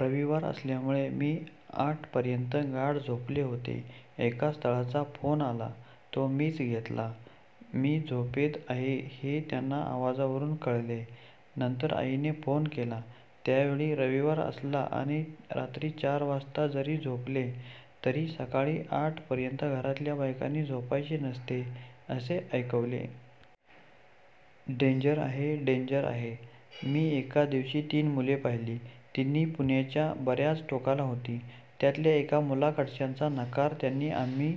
रविवार असल्यामुळे मी आठ पर्यंत गाढ झोपले होते. एका स्थळाचा फोन आला, तो मीच घेतला. मी झोपेत आहे हे त्यांना आवाजावरून कळले. नंतर आईने फोन केला त्यावेळी "रविवार असला आणि रात्री चार वाजता जरी झोपले तरी सकाळी आठ पर्यंत घरातल्या बायकांनी झोपायचे नसते", असे ऐकवले. डेंजर आहे डेंजर आहे मी एका दिवशी तीन मुले पाहिली. तिन्ही पुण्याच्या बऱ्याच टोकाला होती. त्यातल्या एका मुलांकडच्यांचा नकार त्यांनी आम्ही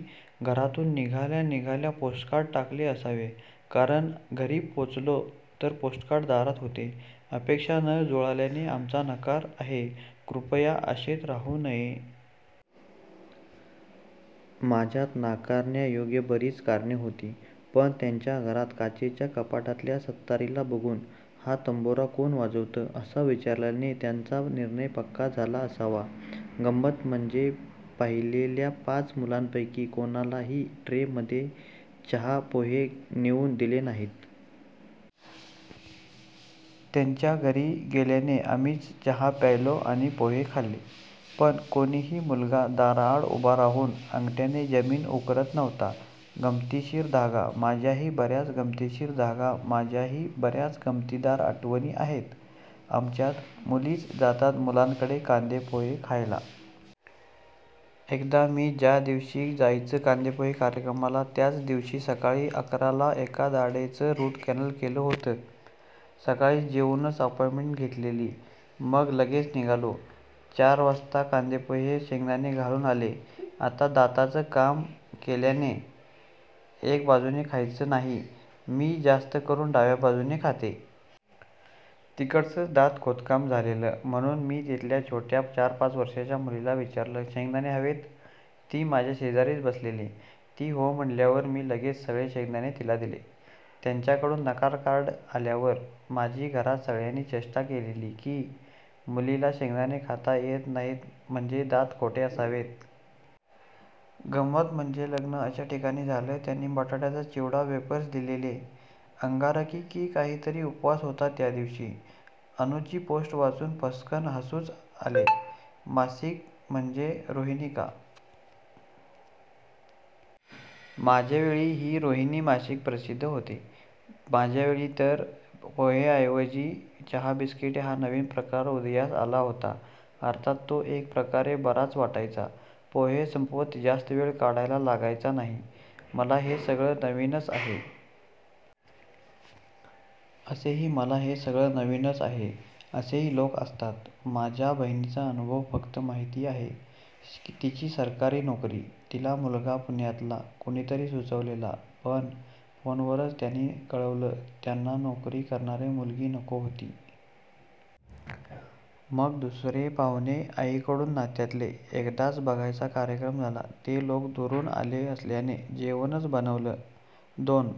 घरातून निघाल्या निघाल्या पोस्टकार्ड टाकले असावे, कारण घरी पोहचलो तर पोस्टकार्ड दारात होते 'अपेक्षा न जुळल्याने आमचा नकार आहे, कृपया आशेत राहू नये. माझ्यात नाकारण्या योग्य बरीच कारणे होती. पण त्यांच्या घरात काचेच्या कपाटातल्या सतारीला बघून 'हा तंबोरा कोण वाजवतं' असं विचरल्याने त्यांचा निर्णय पक्का झाला असावा गंमत म्हणजे पाहिलेल्या पाच मुलांपैकी कोणालाही ट्रे मध्ये चहा पोहे नेऊन दिले नाहीत. त्यांच्या घरी गेल्याने आम्हीच चहा प्यायला आणि पोहे खाल्ला. पण कोणीही मुलगा दाराआड उभा राहून अंगठ्याने जमीन उकरत नव्हता. गमतीशीर धागा, माझ्याही बऱ्याच गमतीशीर धागा, माझ्याही बऱ्याच गमतीदार आठवणी आहेत. आमच्यात मुलीच जातात मुलांकडे कांदेपोहे खायला. एकदा मी ज्या दिवशी जायचं कांदेपोहे कार्यक्रमाला त्याच दिवशी सकाळी अकर ला एका दाढेचं रूट कँनल केलं होतं. सकाळी जेवूनच अपॉइंटमेंट घेतलेली. मग लगेच निघालो. चार वाजता कांदेपोहे शेंगदाणे घालून आले. आता दाताच काम केल्याने एक बाजूने खायचं नाही, मी जास्त करून डाव्या बाजूने खाते. तिकडचच दात खोदकाम झालेलं. म्हणून मी तिथल्या छोट्या चार ,पाच वर्षांच्या मुलीला विचारलं शेंगदाणे हवेत? ती माझ्यशेजारीच बसलेली. ती हो म्हणल्यावर मी लगेच सगळे शेंगदाणे तिला दिले. त्यांच्याकडून नकाराचं कार्ड आल्यावर माझी घरात सगळ्यांनी चेष्टा केलेली की मुलीला शेंगदाणे खाता येत नाहीत म्हणजे दात खोटे असावेत. गम्मत म्हणजे लग्न अशा ठिकाणी झालं त्यांनी बटाट्याचा चिवडा, वेफर्स दिलेले. अंगारकी की काहीतरी उपवास होता त्या दिवशी. अनु ची पोस्ट वाचून फसकन हसूच अनु ची पोस्ट वाचून फसकन हसूच आले. मासिक म्हणजे रोहिणी का? माझ्यावेळी ही रोहिणी मासिक प्रसिध्द होते. माझ्यावेळी तर पोहे ऐवजी चहा बिस्किटे हा नवीन प्रकार उदयास आला होता. अर्थात तो एक प्रकारे बराच वाटायचा. पोहे संपवत जास्त वेळ काढायला लागायचा नाही. मला हे सगळं नवीन च आहे! असेही मला हे सगळं नवीन च आहे! असेही लोकं असतात? माझ्या बहिणीचा अनुभव फक्त माहिती आहे. तिची सरकारी नोकरी. तिला मुलगा पुण्यातला. कुणीतरी सुचवलेला. पण फोनवरच त्यांनी कळवलं त्यांना नोकरी करणारी मुलगी नको होती. मग दुसरे पाहुणे आईकडून नात्यातले एकदाच बघायचा कार्यक्रम झाला. ते लोकं दुरून आले असल्याने जेवणच बनवलं, दोन--